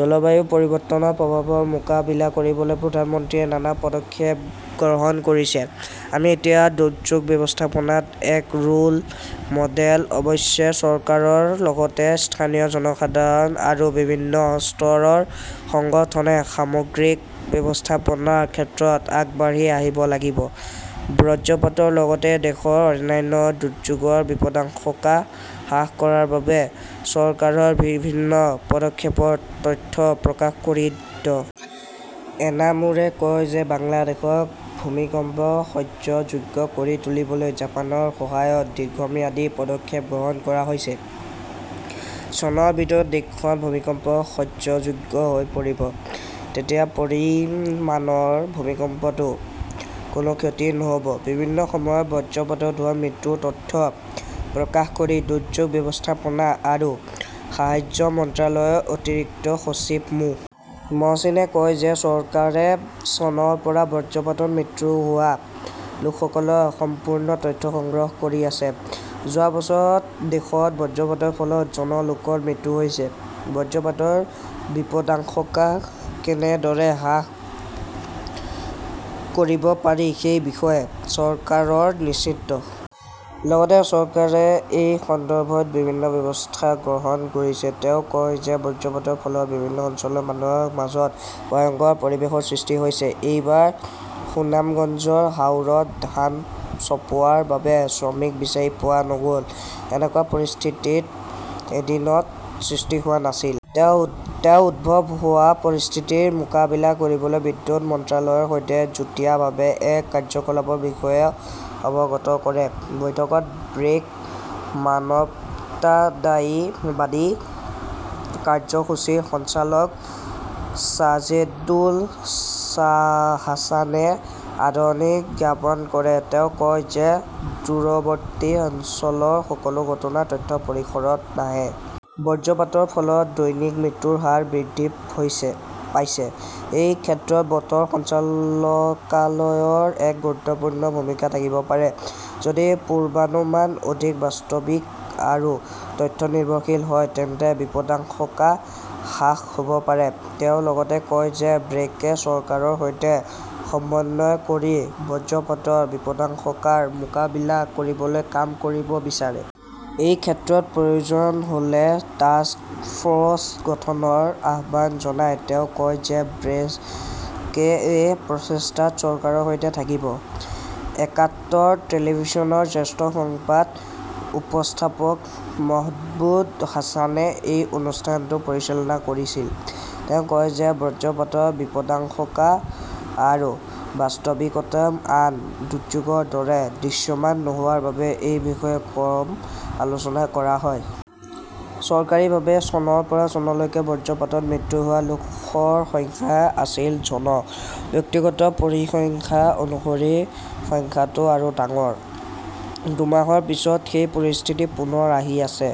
জলবায়ু পৰিৱৰ্তনৰ প্ৰভাৱৰ মোকাবিলা কৰিবলৈ প্ৰধানমন্ত্ৰীয়ে নানা পদক্ষেপ গ্ৰহণ কৰিছে। আমি এতিয়া দুৰ্যোগ ব্যৱস্থাপনাত এক ৰোল মডেল। অৱশ্যে, চৰকাৰৰ লগতে স্থানীয় জনসাধাৰণ আৰু বিভিন্ন স্তৰৰ সংগঠনে সামগ্ৰিক ব্যৱস্থাপনাৰ ক্ষেত্ৰত আগবাঢ়ি আহিব লাগিব। বজ্ৰপাতৰ লগতে দেশৰ অন্যান্য দুৰ্যোগৰ বিপদাশংকা হ্ৰাস কৰাৰ বাবে চৰকাৰৰ বিভিন্ন পদক্ষেপৰ তথ্য প্ৰকাশ কৰি ড। এনামুৰে কয় যে বাংলাদেশক ভূমিকম্প সহ্যযোগ্য কৰি তুলিবলৈ জাপানৰ সহায়ত দীৰ্ঘম্যাদী পদক্ষেপ গ্ৰহণ কৰা হৈছে। চনৰ ভিতৰত দেশখন ভূমিকম্প সহ্যযোগ্য হৈ পৰিব। তেতিয়া পৰিমাণৰ ভূমিকম্পতো কোনো ক্ষতি নহ "ব। বিভিন্ন সময়ত বজ্ৰপাতত হোৱা মৃত্যুৰ তথ্য প্ৰকাশ কৰি দুৰ্যোগ ব্যৱস্থাপনা আৰু সাহায্য মন্ত্ৰালয়ৰ অতিৰিক্ত সচিব মো. মহচিনে কয় যে চৰকাৰে চনৰ পৰা বজ্ৰপাতত মৃত্যু হোৱা লোকসকলৰ সম্পূৰ্ণ তথ্য সংগ্ৰহ কৰি আছে। যোৱা বছৰত দেশত বজ্ৰপাতৰ ফলত জন লোকৰ মৃত্যু হৈছে। বজ্ৰপাতৰ বিপদাশংকা কেনেদৰে আৰু হ্ৰাস কৰিব পাৰি সেই বিষয়ে চৰকাৰ চিন্তিত। লগতে চৰকাৰে এই সন্দৰ্ভত বিভিন্ন ব্যৱস্থা গ্ৰহণ কৰিছে। তেওঁ কয় যে বজ্ৰপাতৰ ফলত বিভিন্ন অঞ্চলত মানুহৰ মাজত ভয়ংকৰ পৰিৱেশৰ সৃষ্টি হৈছে। এইবাৰ সুনামগঞ্জৰ হাওৰত ধান চপোৱাৰ বাবে শ্ৰমিক বিচাৰি পোৱা নগ "ল। এনেকুৱা পৰিস্থিতি এদিনত সৃষ্টি হোৱা নাছিল। তেওঁ উদ্ভৱ হোৱা পৰিস্থিতিৰ মোকাবিলা কৰিবলৈ বিদ্যুৎ মন্ত্ৰালয়ৰ সৈতে যুটীয়াভাৱে এক কাৰ্যকলাপৰ বিষয়েও অৱগত কৰে। বৈঠকত ব্ৰেক মানৱতাবাদী কাৰ্যসূচীৰ সঞ্চালক ছাজেদুল হাছানে আদৰণি জ্ঞাপন কৰে। তেওঁ কয় যে দূৰৱৰ্তী অঞ্চলৰ সকলো ঘটনাৰ তথ্য পৰিসৰত নাহে। বজ্ৰপাতৰ ফলত দৈনিক মৃত্যুৰ হাৰ বৃদ্ধি পাইছে। এই ক্ষেত্ৰত বতৰ সঞ্চালকালয়ৰ এক গুৰুত্বপূৰ্ণ ভূমিকা থাকিব পাৰে। যদি পূৰ্বানুমান অধিক বাস্তৱিক আৰু তথ্য-নিৰ্ভৰশীল হয় তেন্তে বিপদাশংকা হ্ৰাস হ 'ব পাৰে। তেওঁ লগতে কয় যে ব্ৰেকে চৰকাৰৰ সৈতে সমন্বয় কৰি বজ্ৰপাতৰ বিপদাশংকাৰ মোকাবিলা কৰিবলৈ কাম কৰিব বিচাৰে। এই ক্ষেত্ৰত প্ৰয়োজন হ "লে টাস্ক ফ" ৰ্চ গঠনৰ আহ্বান জনাই তেওঁ কয় যে ব্ৰেকে এই প্ৰচেষ্টাত চৰকাৰৰ সৈতে থাকিব। একাত্তৰ টেলিভিছনৰ জ্যেষ্ঠ সংবাদ উপস্থাপক মহবূব হাছানে এই অনুষ্ঠানটো পৰিচালনা কৰিছিল। তেওঁ কয় যে বজ্ৰপাতৰ বিপদাশংকা আৰু বাস্তৱিকতা আন দুৰ্যোগৰ দৰে দৃশ্যমান নোহোৱাৰ বাবে এই বিষয়ে কম আলোচনা কৰা হয়। চৰকাৰীভাৱে চনৰ পৰা চনলৈকে বজ্ৰপাতত মৃত্যু হোৱা লোকৰ সংখ্যা আছিল জন। ব্যক্তিগত পৰিসংখ্যা অনুসৰি সংখ্যাটো আৰু ডাঙৰ। দুমাহৰ পিছত সেই পৰিস্থিতি পুনৰ আহি আছে।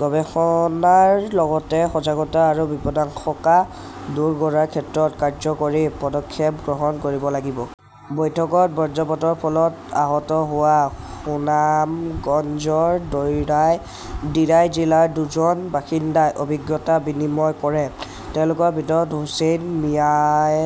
গৱেষণাৰ লগতে সজাগতা আৰু বিপদাশংকা দূৰ কৰাৰ ক্ষেত্ৰত কাৰ্যকৰী পদক্ষেপ গ্ৰহণ কৰিব লাগিব। বৈঠকত বজ্ৰপাতৰ ফলত আহত হোৱা সুনামগঞ্জৰ দিৰাই জিলাৰ দুজন বাসিন্দাই অভিজ্ঞতা বিনিময় কৰে। তেওঁলোকৰ ভিতৰত হুচেইন মিয়াৱে